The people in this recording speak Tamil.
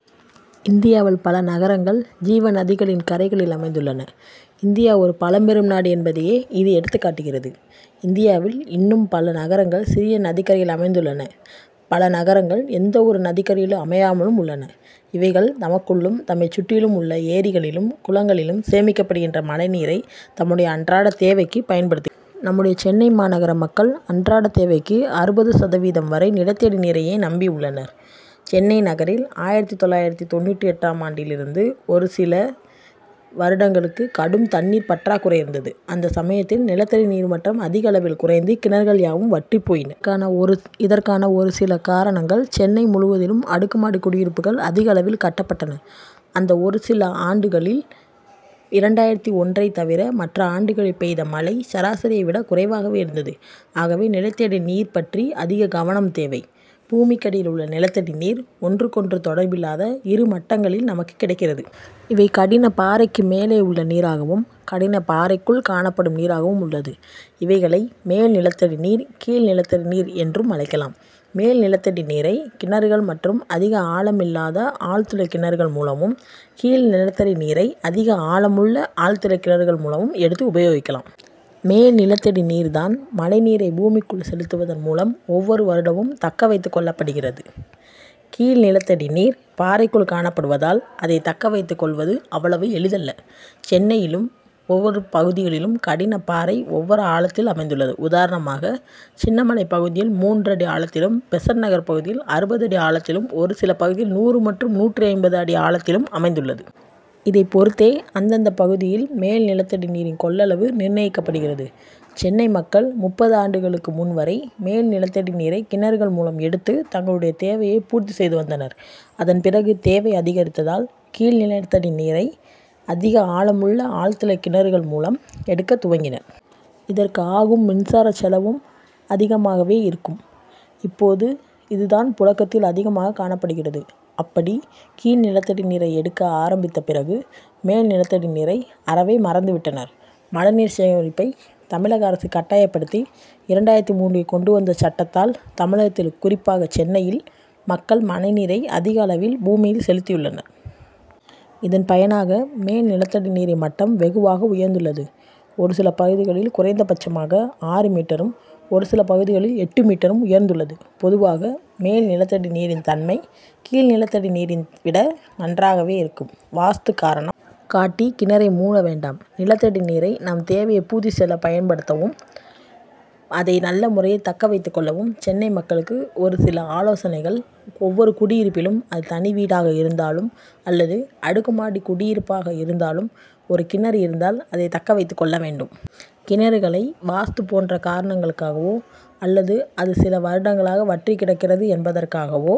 இந்தியாவில் பல நகரங்கள், ஜீவநதிகளின் கரைகளில் அமைந்துள்ளன. இந்தியா ஒரு பழம்பெரும் நாடு என்பதையே, இது எடுத்துக்காட்டுகிறது. இந்தியாவில் இன்னும் பல நகரங்கள், சிறிய நதிக்கரையில் அமைந்துள்ளன பல நகரங்கள், எந்த ஒரு நதிக்கரையிலும் அமையாமலும் உள்ளன. இவைகள் தமக்குள்ளும், தம்மை சுற்றிலும் உள்ள ஏரிகளிலும், குளங்களிலும் சேமிக்கப்படுகிற மழைநீரை, தம்முடைய அன்றாட தேவைக்கு பயன் நம்முடைய சென்னை மாநகர மக்கள் அன்றாட தேவைக்கு அறுபது சதவீதம் வரை, நிலத்தடி நீரையே நம்பி உள்ளனர். சென்னை நகரில், ஆயிரத்து தொள்ளாயிரத்து தொண்ணூற்றெட்டாம் ஆண்டிலிருந்து ஒரு சில வருடங்களுக்கு கடும் தண்ணீர் பற்றாக்குறை இருந்தது. அந்த சமயத்தில் நிலத்தடி நீர்மட்டம் அதிகளவில் குறைந்து, கிணறுகள் யாவும் வற்றிப் போயி. இதற்கான ஒரு சில காரணங்கள்சென்னை முழுவதிலும் அடுக்கு மாடி குடியிருப்புகள் அதிகளவில் கட்டப்பட்டன. அந்த ஒரு சில ஆண்டுகளில், இரண்டாயிரத்து ஒன்றை தவிர, மற்ற ஆண்டுகளில் பெய்த மழை, சராசரியை விட குறைவாகவே இருந்தது. ஆகவே நிலத்தடி நீர் பற்றி அதிக கவனம் தேவை. பூமிக்கடியில் உள்ள நிலத்தடி நீர் ஒன்றுக்கொன்று தொடர்பில்லாத இரண்டு மட்டங்களில் நமக்கு கிடைக்கிறது. இவை கடின பாறைக்கு மேலே உள்ள நீராகவும், கடின பாறைக்குள் காணப்படும் நீராகவும் உள்ளது. இவைகளை மேல் நிலத்தடி நீர், கீழ் நிலத்தடி நீர் என்றும் அழைக்கலாம். மேல் நிலத்தடி நீரை கிணறுகள் மற்றும் அதிக ஆழமில்லாத ஆழ்துளை கிணறுகள் மூலமும், கீழ் நிலத்தடி நீரை அதிக ஆழமுள்ள ஆழ்துளை கிணறுகள் மூலமும் எடுத்து உபயோகிக்கலாம். மேல் நிலத்தடி நீர் தான், மழைநீரை பூமிக்குள் செலுத்துவதன் மூலம் ஒவ்வொரு வருடமும், தக்கவைத்துக் கொள்ளப்படுகிறது. கீழ் நிலத்தடி நீர் பாறைக்குள் காணப்படுவதால், அதை தக்க வைத்துக் கொள்வது அவ்வளவு எளிதல்ல. சென்னையிலும் ஒவ்வொரு பகுதிகளிலும் கடின பாறை, ஒவ்வொரு ஆழத்தில் அமைந்துள்ளது. உதாரணமாக, சின்னமலை பகுதியில் மூன்று அடி ஆழத்திலும், பெசன்ட் நகர் பகுதியில் அறுபது அடி ஆழத்திலும், ஒரு சில பகுதிகளில் நூறு மற்றும் நூற்று ஐம்பது அடி ஆழத்திலும் அமைந்துள்ளது. இதை பொருத்தே அந்தந்த பகுதியில் மேல் நிலத்தடி நீரின் கொள்ளளவு நிர்ணயிக்கப்படுகிறது. சென்னை மக்கள், முப்பது ஆண்டுகளுக்கு முன் வரை, மேல் நிலத்தடி நீரை கிணறுகள் மூலம் எடுத்து, தங்களுடைய தண்ணீர் தேவையை பூர்த்தி செய்து வந்தனர். அதன் பிறகு தேவைகள் அதிகரித்ததால், கீழ் நிலத்தடி நீரை அதிக ஆழமுள்ள ஆழ்துளை கிணறுகள் மூலம் எடுக்கத் துவங்கினர். இதற்கு ஆகும் மின்சார செலவும் அதிகமாகவே இருக்கும். இப்போது இது தான் புழக்கத்தில் அதிகமாக காணப்படுகிறது. அப்படி கீழ் நிலத்தடி நீரை எடுக்க ஆரம்பித்த பிறகு, மேல் நிலத்தடி நீரை அறவே மறந்து விட்டனர். மழைநீர் சேமிப்பை தமிழக அரசு கட்டாயப்படுத்தி, இரண்டாயிரத்து மூன்றில் கொண்டு வந்த சட்டத்தால், தமிழகத்தில் குறிப்பாக சென்னையில் மக்கள், மழைநீரை அதிக அளவில் பூமியில் செலுத்தியுள்ளனர். இதன் பயனாக, மேல் நிலத்தடி நீரின் மட்டம் வெகுவாக உயர்ந்துள்ளது. ஒரு சில பகுதிகளில் குறைந்தபட்சமாக ஆறு மீட்டரும், ஒரு சில பகுதிகளில் எட்டு மீட்டரும் உயர்ந்துள்ளது. பொதுவாக, மேல் நிலத்தடி நீரின் தன்மை, கீழ் நிலத்தடி நீரை விட நன்றாகவே இருக்கும். வாஸ்து காரணம் காட்டி கிணறை மூட வேண்டாம் நிலத்தடி நீரை, நம் தேவையை பூர்த்தி செய்து பயன்படுத்தவும், அதை நல்ல முறையில் தக்க வைத்துக் கொள்ளவும், சென்னை மக்களுக்கு ஒரு சில ஆலோசனைகள் ஒவ்வொரு குடியிருப்பிலும், அது தனி வீடாக இருந்தாலும் அல்லது அடுக்குமாடி குடியிருப்பாக இருந்தாலும், ஒரு கிணறு இருந்தால், அதை தக்க வைத்துக் கொள்ள வேண்டும். கிணறுகளை வாஸ்து போன்ற காரணங்களுக்காகவோ அல்லது அது சில வருடங்களாக வற்றிக் கிடக்கிறது என்பதற்காகவோ,